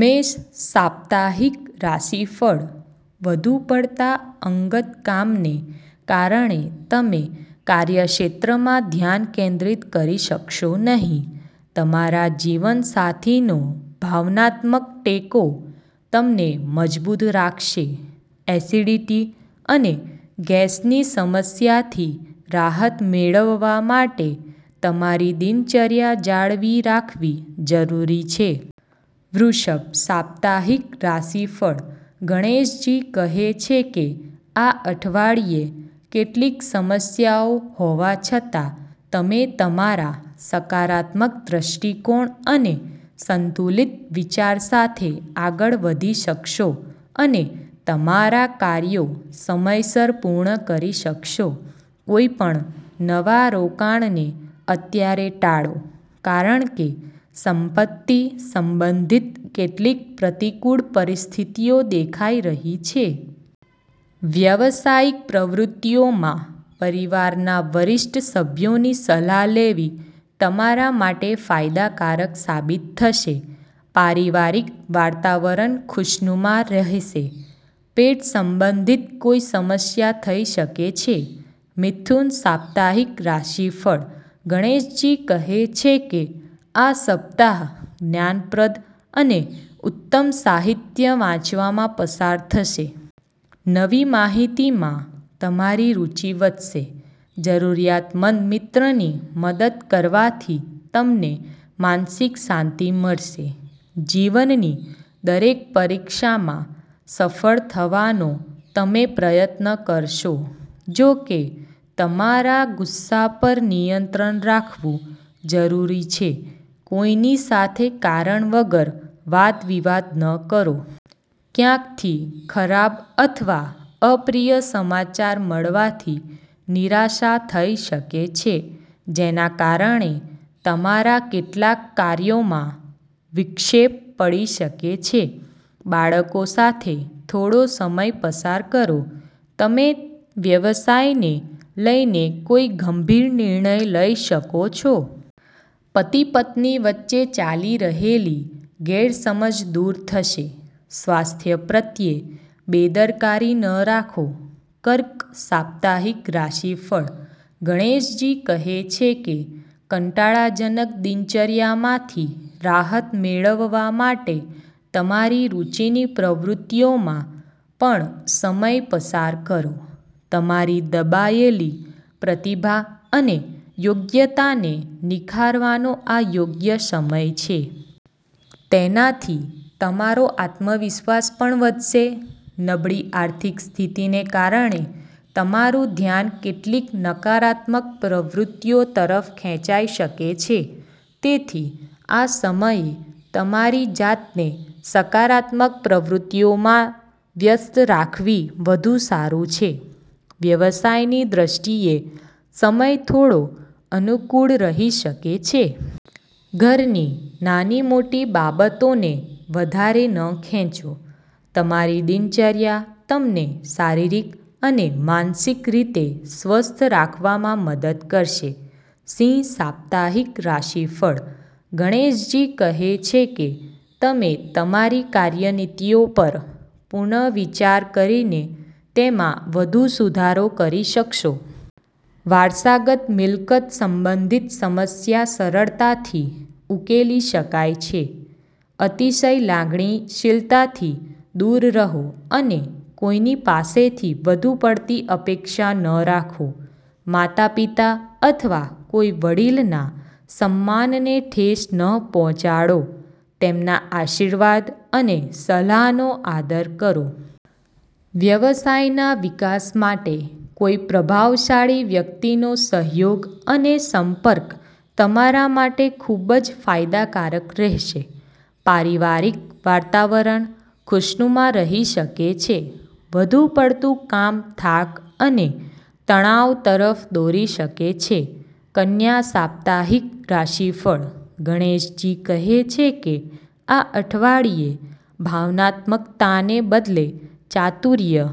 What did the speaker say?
મેષ સાપ્તાહિક રાશિફળ વધુ પડતા અંગત કામને કારણે તમે કાર્યક્ષેત્રમાં ધ્યાન કેન્દ્રિત કરી શકશો નહીં. તમારા જીવનસાથીનો ભાવનાત્મક ટેકો તમને મજબૂત રાખશે. એસિડિટી અને ગેસની સમસ્યાથી રાહત મેળવવા માટે તમારી દિનચર્યા જાળવી રાખવી જરૂરી છે. વૃષભ સાપ્તાહિક રાશિફળ ગણેશજી કહે છે કે આ અઠવાડિયે કેટલીક સમસ્યાઓ હોવા છતાં, તમે તમારા સકારાત્મક દૃષ્ટિકોણ અને સંતુલિત વિચાર સાથે આગળ વધી શકશો અને તમારા કાર્યો સમયસર પૂર્ણ કરી શકશો. કોઈપણ નવા રોકાણને અત્યારે ટાળો, કારણ કે સંપત્તિ સંબંધિત કેટલીક પ્રતિકૂળ પરિસ્થિતિઓ દેખાઈ રહી છે. વ્યવસાયિક પ્રવૃત્તિઓમાં પરિવારના વરિષ્ઠ સભ્યોની સલાહ લેવી તમારા માટે ફાયદાકારક સાબિત થશે. પારિવારિક વાતાવરણ ખુશનુમા રહેશે. પેટ સંબંધિત કોઈ સમસ્યા થઈ શકે છે. મિથુન સાપ્તાહિક રાશિફળ ગણેશજી કહે છે કે આ સપ્તાહ જ્ઞાનપ્રદ અને ઉત્તમ સાહિત્ય વાંચવામાં પસાર થશે. નવી માહિતીમાં તમારી રુચિ વધશે. જરૂરિયાતમંદ મિત્રની મદદ કરવાથી તમને માનસિક શાંતિ મળશે. જીવનની દરેક પરીક્ષામાં સફળ થવાનો તમે પ્રયત્ન કરશો. જોકે, તમારા ગુસ્સા પર નિયંત્રણ રાખવું જરૂરી છે. કોઈની સાથે કારણ વગર વાદવિવાદ ન કરો. ક્યાંકથી ખરાબ અથવા અપ્રિય સમાચાર મળવાથી નિરાશા થઈ શકે છે, જેના કારણે તમારા કેટલાક કાર્યોમાં વિક્ષેપ પડી શકે છે. બાળકો સાથે થોડો સમય પસાર કરો. તમે વ્યવસાયને લઈને કોઈ ગંભીર નિર્ણય લઈ શકો છો. પતિ-પત્ની વચ્ચે ચાલી રહેલી ગેરસમજ દૂર થશે. સ્વાસ્થ્ય પ્રત્યે બેદરકારી ન રાખો. કર્ક સાપ્તાહિક રાશિફળ ગણેશજી કહે છે કે કંટાળાજનક દિનચર્યામાંથી રાહત મેળવવા માટે તમારી રુચિની પ્રવૃત્તિઓમાં પણ સમય પસાર કરો. તમારી દબાયેલી પ્રતિભા અને યોગ્યતાને નિખારવાનો આ યોગ્ય સમય છે. તેનાથી તમારો આત્મવિશ્વાસ પણ વધશે. નબળી આર્થિક સ્થિતિને કારણે તમારું ધ્યાન કેટલીક નકારાત્મક પ્રવૃત્તિઓ તરફ ખેંચાઈ શકે છે. તેથી આ સમયે તમારી જાતને સકારાત્મક પ્રવૃત્તિઓમાં વ્યસ્ત રાખવી વધુ સારું છે. વ્યવસાયની દૃષ્ટિએ સમય થોડો અનુકૂળ રહી શકે છે. ઘરની નાની-મોટી બાબતોને વધારે ન ખેંચો. તમારી દિનચર્યા તમને શારીરિક અને માનસિક રીતે સ્વસ્થ રાખવામાં મદદ કરશે. સિંહ સાપ્તાહિક રાશિફળ ગણેશજી કહે છે કે તમે તમારી કાર્યનીતિઓ પર પુનર્વિચાર કરીને તેમાં વધુ સુધારો કરી શકશો. વારસાગત મિલકત સંબંધિત સમસ્યા સરળતાથી ઉકેલી શકાય છે. અતિશય લાગણીશીલતાથી દૂર રહો અને કોઈની પાસેથી વધુ પડતી અપેક્ષા ન રાખો. માતા-પિતા અથવા કોઈ વડીલના સન્માનને ઠેસ ન પહોંચાડો. તેમના આશીર્વાદ અને સલાહનો આદર કરો. વ્યવસાયના વિકાસ માટે કોઈ પ્રભાવશાળી વ્યક્તિનો સહયોગ અને સંપર્ક તમારા માટે ખૂબ જ ફાયદાકારક રહેશે. પારિવારિક વાતાવરણ ખુશનુમા રહી શકે છે. વધુ પડતું કામ થાક અને તણાવ તરફ દોરી શકે છે. કન્યા સાપ્તાહિક રાશિફળ ગણેશજી કહે છે કે આ અઠવાડિયે ભાવનાત્મકતાને બદલે ચાતુર્ય...